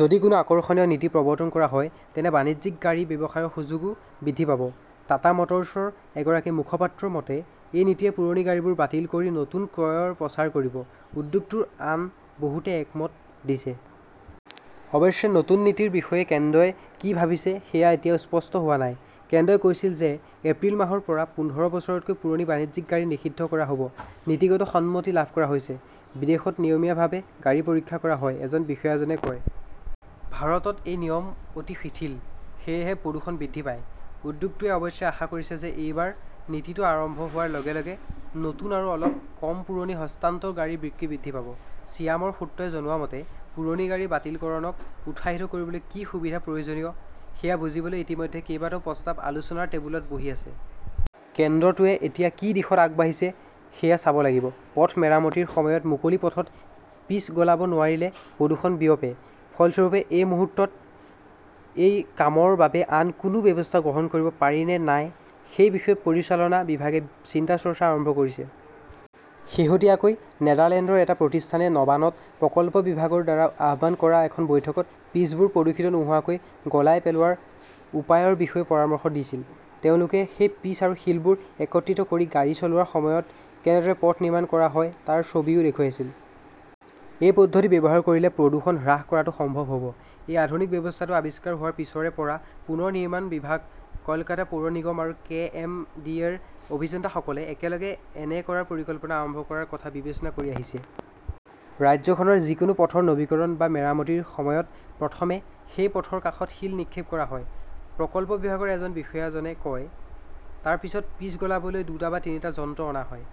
যদি কোনো আকৰ্ষণীয় নীতি প্ৰৱৰ্তন কৰা হয়, তেন্তে বাণিজ্যিক গাড়ী ব্যৱসায়ৰ সুযোগো বৃদ্ধি পাব। টাটা মটৰ্ছৰ এগৰাকী মুখপাত্ৰৰ মতে, এই নীতিয়ে পুৰণি গাড়ীবোৰ বাতিল কৰি নতুন ক্ৰয়ৰ প্ৰচাৰ কৰিব। উদ্যোগটোৰ আন বহুতে একমত দিছে। অৱশ্যে নতুন নীতিৰ বিষয়ে কেন্দ্ৰই কি ভাবিছে, সেয়া এতিয়াও স্পষ্ট হোৱা নাই। কেন্দ্ৰই কৈছিল যে, এপ্ৰিল মাহৰ পৰা পোন্ধৰ বছৰতকৈ পুৰণি বাণিজ্যিক গাড়ী নিষিদ্ধ কৰা হ'ব। নীতিগত সন্মতি লাভ কৰা হৈছে। "বিদেশত নিয়মীয়াভাৱে গাড়ী পৰীক্ষা কৰা হয়", এজন বিষয়াজনে কয়। ভাৰতত এই নিয়ম অতি শিথিল, সেয়েহে প্ৰদূষণ বৃদ্ধি পায়। "উদ্যোগটোৱে অৱশ্যে আশা কৰিছে যে, এইবাৰ নীতিটো আৰম্ভ হোৱাৰ লগে লগে নতুন আৰু অলপ কম পুৰণি হস্তান্তৰ গাড়ীৰ বিক্ৰী বৃদ্ধি পাব। ছিয়ামৰ সূত্ৰই জনোৱা মতে, পুৰণি গাড়ী বাতিলকৰণক উৎসাহিত কৰিবলৈ কি সুবিধা প্ৰয়োজনীয়, সেয়া বুজিবলৈ ইতিমধ্যে কেইবাটাও প্ৰস্তাৱ আলোচনাৰ টেবুলত বহি আছে। কেন্দ্ৰটোৱে এতিয়া কি দিশত আগবাঢ়িছে সেয়া চাব লাগিব। পথ মেৰামতিৰ সময়ত মুকলি পথত পিচ গলাব নোৱাৰিলে প্ৰদূষণ বিয়পে। ফলস্বৰূপে, এই মুহূৰ্তত এই কামৰ বাবে আন কোনো ব্যৱস্থা গ্ৰহণ কৰিব পাৰি নে নাই, সেই বিষয়ে পৰিচালনা বিভাগে চিন্তা-চৰ্চা আৰম্ভ কৰিছে। শেহতীয়াকৈ নেদাৰলেণ্ডৰ এটা প্ৰতিষ্ঠানে নবানত প্ৰকল্প বিভাগৰ দ্বাৰা আহ্বান কৰা এখন বৈঠকত পিচবোৰ প্ৰদূষিত নোহোৱাকৈ গলাই পেলোৱাৰ উপায়ৰ বিষয়ে পৰামৰ্শ দিছিল। তেওঁলোকে সেই পিচ আৰু শিলবোৰ একত্ৰিত কৰি গাড়ী চলোৱাৰ সময়ত কেনেদৰে পথ নিৰ্মাণ কৰা হয়, তাৰ ছবিও দেখুৱাইছিল। এই পদ্ধতি ব্যৱহাৰ কৰিলে প্ৰদূষণ হ্ৰাস কৰাটো সম্ভৱ হ'ব। এই আধুনিক ব্যৱস্থাটো আৱিষ্কাৰ হোৱাৰ পিছৰে পৰা পুনৰ নিৰ্মাণ বিভাগ, কলকাতা পৌৰ নিগম আৰু কে. এম. ডি. এ. -ৰ অভিযন্তাসকলে একেলগে এনে কৰাৰ পৰিকল্পনা আৰম্ভ কৰাৰ কথা বিবেচনা কৰি আহিছে। ৰাজ্যখনৰ যিকোনো পথৰ নৱীকৰণ বা মেৰামতিৰ সময়ত প্ৰথমে সেই পথৰ কাষত শিল নিক্ষেপ কৰা হয়", প্ৰকল্প বিভাগৰ এজন বিষয়াজনে কয়। তাৰ পিছত পিচ গলাবলৈ দুটা বা তিনিটা যন্ত্ৰ অনা হয়।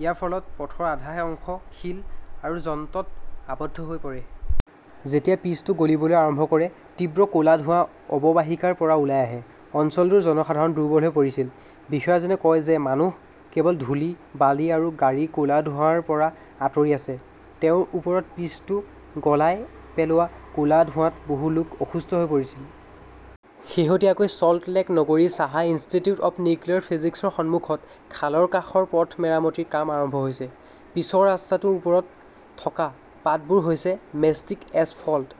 ইয়াৰ ফলত পথৰ আধা অংশ শিল আৰু যন্ত্ৰত আবদ্ধ হৈ পৰে। যেতিয়া পিচটো গলিবলৈ আৰম্ভ কৰে, তীব্ৰ ক'লা ধোঁৱা অৱবাহিকাৰ পৰা ওলাই আহে। অঞ্চলটোৰ জনসাধাৰণ দুৰ্বল হৈ পৰিছিল। বিষয়াজনে কয় যে, মানুহ কেৱল ধূলি, বালি আৰু গাড়ীৰ ক'লা ধোঁৱাৰ পৰা আঁতৰি আছে। তেওঁৰ ওপৰত পিচটো গলাই পেলোৱা ক'লা ধোঁৱাত বহু লোক অসুস্থ হৈ পৰিছিল। শেহতীয়াকৈ চল্টলেক নগৰীৰ চাহা ইনষ্টিটিউট অৱ নিউক্লিয়াৰ ফিজিক্সৰ সন্মুখত খালৰ কাষৰ পথ মেৰামতিৰ কাম আৰম্ভ হৈছে। পিচৰ ৰাস্তাৰ ওপৰত থকা পাতবোৰ হৈছে মেষ্টিক এছফল্ট।